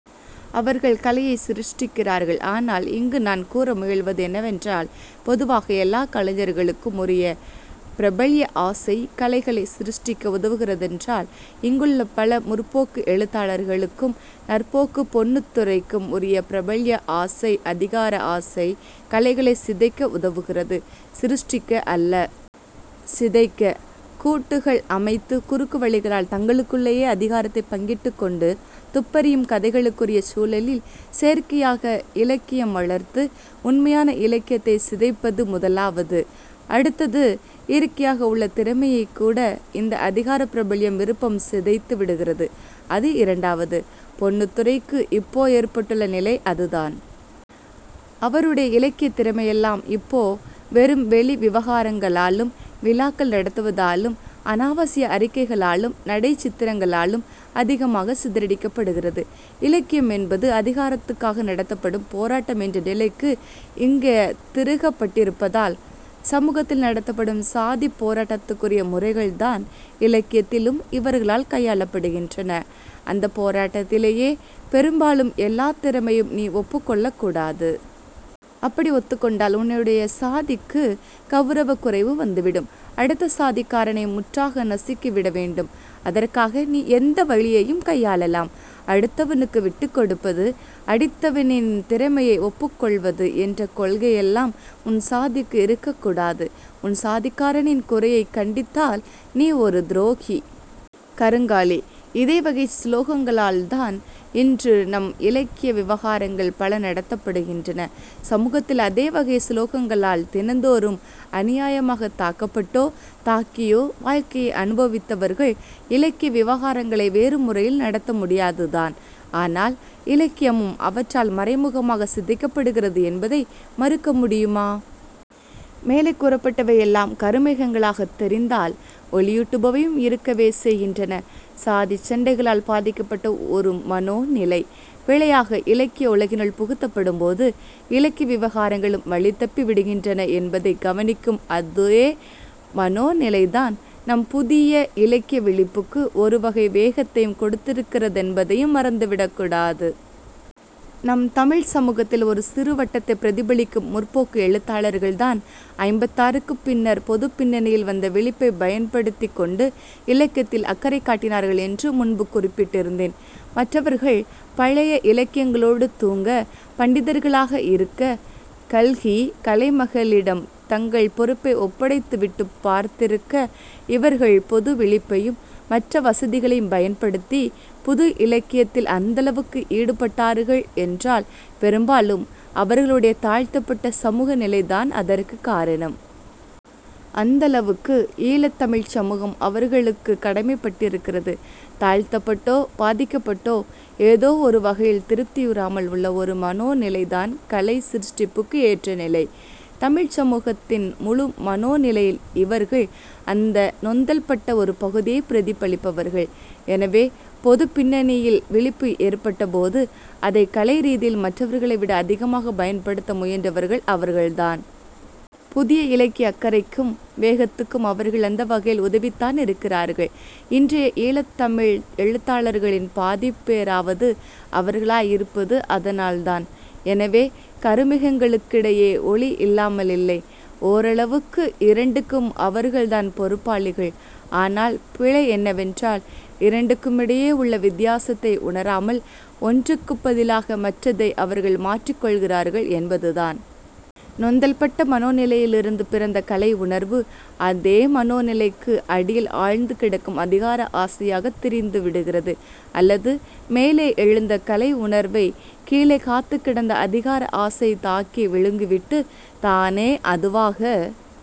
அவர்கள் கலையைச் சிருஷ்டிக்கிறார்கள். ஆனால் இங்கு நான் கூற முயல்வது என்னவென்றால் பொதுவாக எல்லாக் கலைஞர்களுக்கும் உரிய பிரபல்ய ஆசை கலைகளைச் சிருஷ்டிக்க உதவுகிறதென்றால் இங்குள்ள பல 'முற்போக்கு' எழுத்தாளர்களுக்கும் 'நற்போக்கு' பொன்னத்துரைக்கும் உரிய பிரபல்ய ஆசை அதிகார ஆசை கலைகளைச் சிதைக்க உதவுகிறது. சிருஷ்டிக்க அல்ல. சிதைக்க! கூட்டுகள் அமைத்து குறுக்கு வழிகளால் தங்களுக்குள்ளேயே அதிகாரத்தைப் பங்கிட்டுக்கொண்டு துப்பறியும் கதைகளுக்குரிய சூழலில் செயற்கையாக இலக்கியம் வளர்த்து உண்மையான இலக்கியத்தைச் சிதைப்பது முதலாவது. அடுத்தது, இயற்கையாக உள்ள திறமையைக் கூட இந்த அதிகார பிரபல்ய விருப்பம் சிதைத்து விடுகிறது. அது இரண்டாவது. பொன்னுத்துரைக்கு இப்போ ஏற்பட்டுள்ள நிலை அதுதான். அவருடைய இலக்கியத் திறமையெல்லாம் இப்போ வெறும் வெளி விவகாரங்களாலும் விழாக்கள் நடத்துவதாலும் அனாவசிய அறிக்கைகளாலும் நடைச் சித்திரங்களாலும் அதிகமாகச் சிதறடிக்கப்படுகிறது. இலக்கியம் என்பது அதிகாரத்துக்காக நடத்தப்படும் போராட்டம் என்ற நிலைக்கு இங்க திருகப்பட்டிருப்பதால், சமூகத்தில் நடத்தப்படும் சாதிப் போராட்டத்துக்குரிய முறைகள்தான் இலக்கியத்திலும் இவர்களால் கையாளப்படுகின்றன. அந்தப் போராட்டத்திலேயே பெரும்பாலும் எல்லாத் திறமையும் நீ ஒப்புக்கொள்ளக் கூடாது. அப்படி ஒத்துக்கொண்டால் உன்னுடைய சாதிக்குக் கௌரவக் குறைவு வந்துவிடும். அடுத்த சாதிக்காரனை முற்றாக நசுக்கிவிட வேண்டும். அதற்காக நீ எந்தவழியையும் கையாளலாம். அடுத்தவனுக்கு விட்டுக்கொடுப்பது, அடித்தவனின் திறமையை ஒப்புக்கொள்வது என்ற கொள்கையெல்லாம் உன் சாதிக்கு இருக்கக் கூடாது. உன் சாதிக்காரனின் குறையைக் கண்டித்தால் நீ ஒரு துரோகி. கருங்காலி. இதே வகைச் சுலோகங்களால்தான் இன்று நம் இலக்கிய விவகாரங்கள் பல நடத்தப்படுகின்றன. சமூகத்தில் அதே வகைச் சுலோகங்களால் தினந்தோறும் அநியாயமாகத் தாக்கப்பட்டோ, தாக்கியோ வாழ்க்கையை அனுபவித்தவர்கள் இலக்கிய விவகாரங்களை வேறு முறையில் நடத்த முடியாதுதான். ஆனால் இலக்கியமும் அவற்றால் மறைமுகமாகச் சிதைக்கப்படுகிறது என்பதை மறுக்க முடியுமா? மேலே கூறப்பட்டவை எல்லாம் கருமேகங்களாகத் தெரிந்தால் ஒளியூட்டுபவையும் இருக்கவே செய்கின்றன. சாதிச் சண்டைகளால் பாதிக்கப்பட்ட ஒரு மனோ நிலை, பிழையாக இலக்கிய உலகினுள் புகுத்தப்படும்போது இலக்கிய விவகாரங்களும் வழிதப்பி விடுகின்றன என்பதைத் கவனிக்கும் அதே மனோநிலைதான் நம் புதிய இலக்கிய விழிப்புக்கு ஒருவகை வேகத்தையும் கொடுத்திருக்கிறதென்பதையும் மறந்துவிடக்கூடாது. நம் தமிழ்ச் சமூகத்தில் ஒரு சிறு வட்டத்தைப் பிரதிபலிக்கும் 'முற்போக்கு' எழுத்தாளர்கள் தான் ஐம்பத்தாறுக்குப் பின்னர் பொதுப் பின்னணியில் வந்த விழிப்பைப் பயன்படுத்திக்கொண்டு இலக்கியத்தில் அக்கறை காட்டினார்கள் என்று முன்பு குறிப்பிட்டிருந்தேன். மற்றவர்கள் பழைய இலக்கியங்களோடு தூங்க, பண்டிதர்களாக இருக்க, 'கல்கி,' 'கலைமகளி'டம் தங்கள் பொறுப்பை ஒப்படைத்துவிட்டுப் பார்த்திருக்க, இவர்கள் பொது விழிப்பையும் மற்ற வசதிகளையும் பயன்படுத்தி புது இலக்கியத்தில் அந்தளவுக்கு ஈடுபட்டார்கள் என்றால் பெரும்பாலும் அவர்களுடைய தாழ்த்தப்பட்ட சமூக நிலைதான் அதற்குக் காரணம். அந்தளவுக்கு ஈழத் தமிழ்ச் சமூகம் அவர்களுக்குக் கடமைப்பட்டிருக்கிறது. தாழ்த்தப்பட்டோ பாதிக்கப்பட்டோ ஏதோ ஒரு வகையில் திருப்தியுறாமல் உள்ள ஒரு மனோநிலைதான் கலை சிருஷ்டிப்புக்கு ஏற்ற நிலை. தமிழ்ச் சமூகத்தின் முழு மனோநிலையில் இவர்கள் அந்த நொந்தல்பட்ட ஒரு பகுதியைப் பிரதிபலிப்பவர்கள். எனவே, பொதுப் பின்னணியில் விழிப்பு ஏற்பட்டபோது அதைக் கலை ரீதியில் மற்றவர்களை விட அதிகமாகப் பயன்படுத்த முயன்றவர்கள் அவர்கள்தான். புதிய இலக்கிய அக்கறைக்கும் வேகத்துக்கும் அவர்கள் அந்த வகையில் உதவித்தான் இருக்கிறார்கள். இன்றைய ஈழத் தமிழ் எழுத்தாளர்களின் பாதிப் பேராவது அவர்களாய் இருப்பது அதனால்தான். எனவே, கருமேகங்களுக்கிடையே ஒளி இல்லாமலில்லை. ஓரளவுக்கு இரண்டுக்கும் அவர்கள்தான் பொறுப்பாளிகள். ஆனால் பிழை என்னவென்றால் இரண்டுக்குமிடையே உள்ள வித்தியாசத்தை உணராமல் ஒன்றுக்குப் பதிலாக மற்றதை அவர்கள் மாற்றிக்கொள்கிறார்கள் என்பதுதான். நொந்தல்பட்ட மனோநிலையிலிருந்து பிறந்த கலை உணர்வு அதே மனோநிலைக்கு அடியில் ஆழ்ந்து கிடக்கும் அதிகார ஆசையாகத் திரிந்து விடுகிறது. அல்லது மேலே எழுந்த கலை உணர்வை கீழே காத்துக் கிடந்த அதிகார ஆசை தாக்கி விழுங்கிவிட்டு, தானே அதுவாக